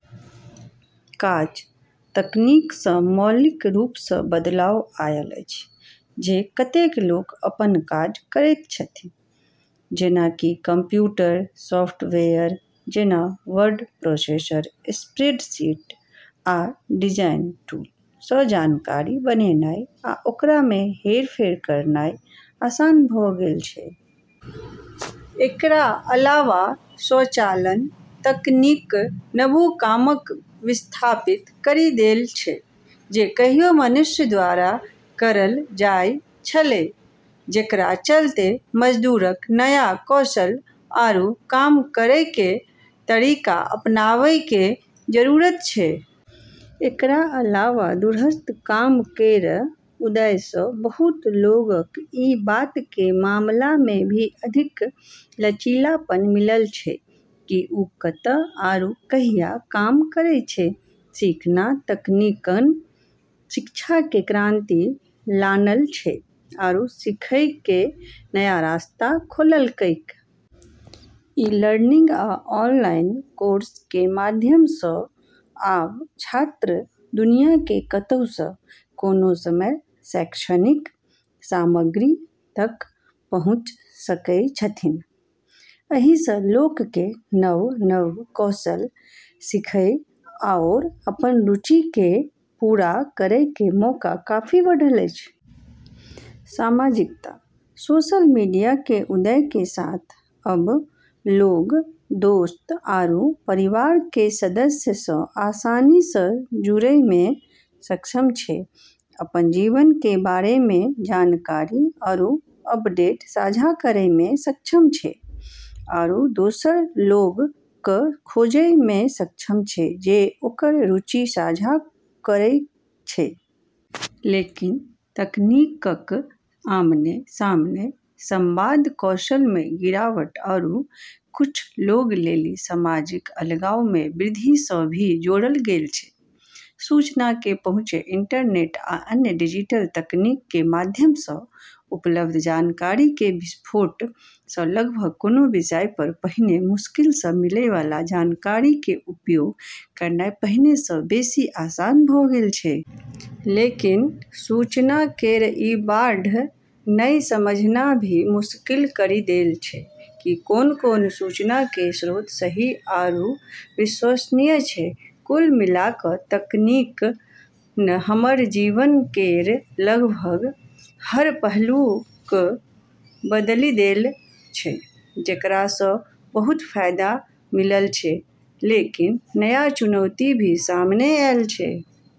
काज: तकनीक स मौलिक रूप स बदलाव आयल अछि जे कतेक लोक अपन काज करैत छथि। जेना कि कंप्यूटर सॉफ्टवेयर जेना वर्ड प्रोसेसर, स्प्रेडशीट, आ डिजाइन टूल सं जानकारी बनेनाय आ ओकरा मे हेरफेर करनाय आसान भ गेल छै। एकरा अलावा स्वचालन तकनीक न वू काम क विस्थापित करी देल छै जे कहियो मनुष्य द्वारा करल जाय छेलै, जेकरा चलतें मजदूर क नया कौशल आरू काम करै के तरीका अपनाबै के जरूरत छै। एकरा अलावा दूरस्थ काम केर उदय स बहुत लोग क ई बात के मामला मे भी अधिक लचीलापन मिलल छै कि वू कत आरू कहिया काम करै छै। सीखना: तकनीक न शिक्षा मे क्रांति लानल छै आरू सीखै के नया रास्ता खोललकै। ई-लर्निंग आ ऑनलाइन कोर्स के माध्यम सं आब छात्र दुनिया के कतहु सं, कोनो समय सं शैक्षणिक सामग्री तक पहुंच सकय छथिन्ह। एहि सं लोक के नव-नव कौशल सीखय आओर अपन रुचि के पूरा करय के मौका काफी बढ़ल अछि। सामाजिकता: सोशल मीडिया के उदय के साथ अब लोग दोस्त आरू परिवार के सदस्य स आसानी स जुड़ै मे सक्षम छै, अपन जीवन के बारे मे जानकारी आरू अपडेट साझा करै मे सक्षम छै, आरू दोसर लोग क खोजै मे सक्षम छै जे ओकर रुचि साझा करै छै। लेकिन तकनीक क आमने-सामने संवाद कौशल मे गिरावट आरू कुछ लोग लेली सामाजिक अलगाव मे वृद्धि स भी जोड़ल गेल छै। सूचना के पहुंच: इंटरनेट आ अन्य डिजिटल तकनीक के माध्यम सं उपलब्ध जानकारी के विस्फोट सं लगभग कोनों विषय पर पहिने मुश्किल सं मिलय वाला जानकारी के उपयोग करनाय पहिले सं बेसि आसान भ गेल छै। लेकिन सूचना केर ई बाढ़ न ई समझना भी मुश्किल करी देल छै कि कोन-कोन सूचना के स्रोत सही आरू विश्वसनीय छै। कुल मिला क तकनीक न हमर जीवन केर लगभग हर पहलू क बदली देल छै, जेकरा स बहुत फायदा मिलल छै, लेकिन नया चुनौती भी सामने ऐल छै।